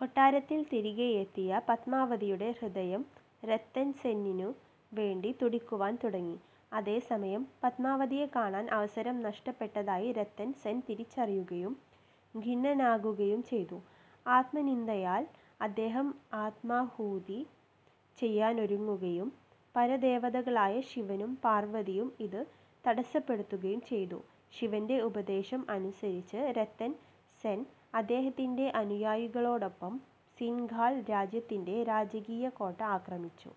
കൊട്ടാരത്തിൽ തിരികെയെത്തിയ പത്മാവതിയുടെ ഹൃദയം രത്തൻ സെന്നിനു വേണ്ടി തുടിക്കുവാൻ തുടങ്ങി. അതേസമയം, പത്മാവതിയെ കാണാൻ അവസരം നഷ്ടപ്പെട്ടതായി രത്തൻ സെൻ തിരിച്ചറിയുകയും ഖിന്നനാകുകയും ചെയ്തു. ആത്മനിന്ദയാൽ അദ്ദേഹം ആത്മാഹൂതി ചെയ്യാനൊരുങ്ങുകയും പരദേവതകളായ ശിവനും പാർവ്വതിയും ഇതു തടസ്സപ്പെടുത്തുകയും ചെയ്തു. ശിവൻറ ഉപദേശം അനുസരിച്ച്, രത്തൻ സെൻ അദ്ദേഹത്തിന്റെ അനുയായികളോടൊപ്പം സിൻഘാൾ രാജ്യത്തിൻറെ രാജകീയ കോട്ട ആക്രമിച്ചു.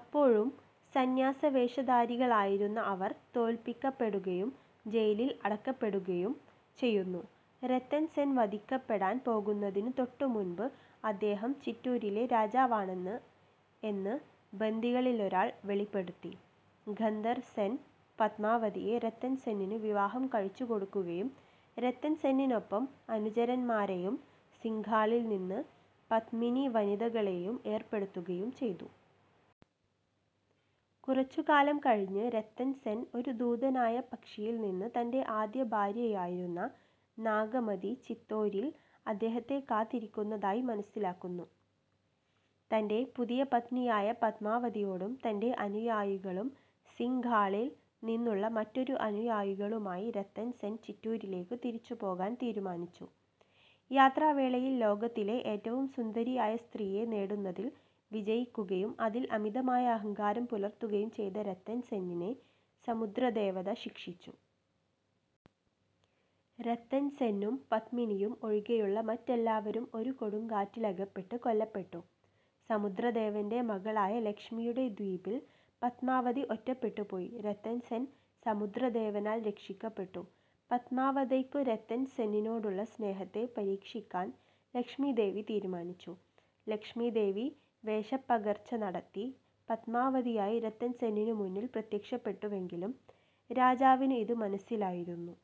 അപ്പോഴും സന്യാസ വേഷധാരികളായിരുന്ന അവർ തോൽപ്പിക്കപ്പെടുകയും ജയിലിൽ അടക്കപ്പെടുകയും ചെയ്യുന്നു. രത്തൻ സെൻ വധിക്കപ്പെടാൻ പോകുന്നതിനു തൊട്ടുമുമ്പ്, അദ്ദേഹം ചിറ്റൂരിലെ രാജാവാണെന്ന് എന്ന് ബന്ദികളിലൊരാൾ വെളിപ്പെടുത്തി. ഗന്ധർവ് സെൻ പത്മാവതിയെ രത്തൻ സെന്നിനു വിവാഹം കഴിച്ചുകൊടുക്കുകയും രത്തൻ സെന്നിനൊപ്പം അനുചരന്മാരെയും സിൻഘാളിൽനിന്ന് പത്മിനിവനിതകളേയും ഏർപ്പെടുത്തുകയും ചെയ്തു. കുറച്ചു കാലം കഴിഞ്ഞ് രത്തൻ സെൻ ഒരു ദൂതനായ പക്ഷിയിൽ നിന്ന് തൻറെ ആദ്യ ഭാര്യയായിരുന്ന നാഗമതി ചിത്തോരിൽ അദ്ദേഹത്തെ കാത്തിരിക്കുന്നതായി മനസ്സിലാക്കുന്നു. തൻറെ പുതിയ പത്നിയായ പത്മാവതിയോടും തൻറെ അനുയായികളുംസിൻഘാളിൽനിന്നുള്ള മറ്റൊരു അനുയായികളുമായി രത്തൻ സെൻ ചിറ്റൂരിലേക്ക് തിരിച്ചുപോകാൻ തീരുമാനിച്ചു. യാത്രാവേളയിൽ, ലോകത്തിലെ ഏറ്റവും സുന്ദരിയായ സ്ത്രീയെ നേടുന്നതിൽ വിജയിക്കുകയും അതിൽ അമിതമായ അഹങ്കാരം പുലർത്തുകയും ചെയ്ത രത്തൻ സെന്നിനെ സമുദ്രദേവത ശിക്ഷിച്ചു. രത്തൻ സെന്നും പത്മിനിയും ഒഴികെയുള്ള മറ്റെല്ലാവരും ഒരു കൊടുങ്കാറ്റിലകപ്പെട്ട് കൊല്ലപ്പെട്ടു. സമുദ്രദേവൻറെ മകളായ ലക്ഷ്മിയുടെ ദ്വീപിൽ പത്മാവതി ഒറ്റപ്പെട്ടുപോയി. രത്തൻ സെൻ, സമുദ്രദേവനാൽ രക്ഷിക്കപ്പെട്ടു. പത്മാവതയ്ക്കു രത്തൻ സെന്നിനോടുള്ള സ്നേഹത്തെ പരീക്ഷിക്കാൻ ലക്ഷ്മി ദേവി തീരുമാനിച്ചു. ലക്ഷ്മി ദേവി വേഷപ്പകർച്ചനടത്തി പത്മാവതിയായി രത്തൻ സെന്നിനു മുന്നിൽ പ്രത്യക്ഷപ്പെട്ടുവെങ്കിലും രാജാവിന് ഇതു മനസ്സിലായിരുന്നു.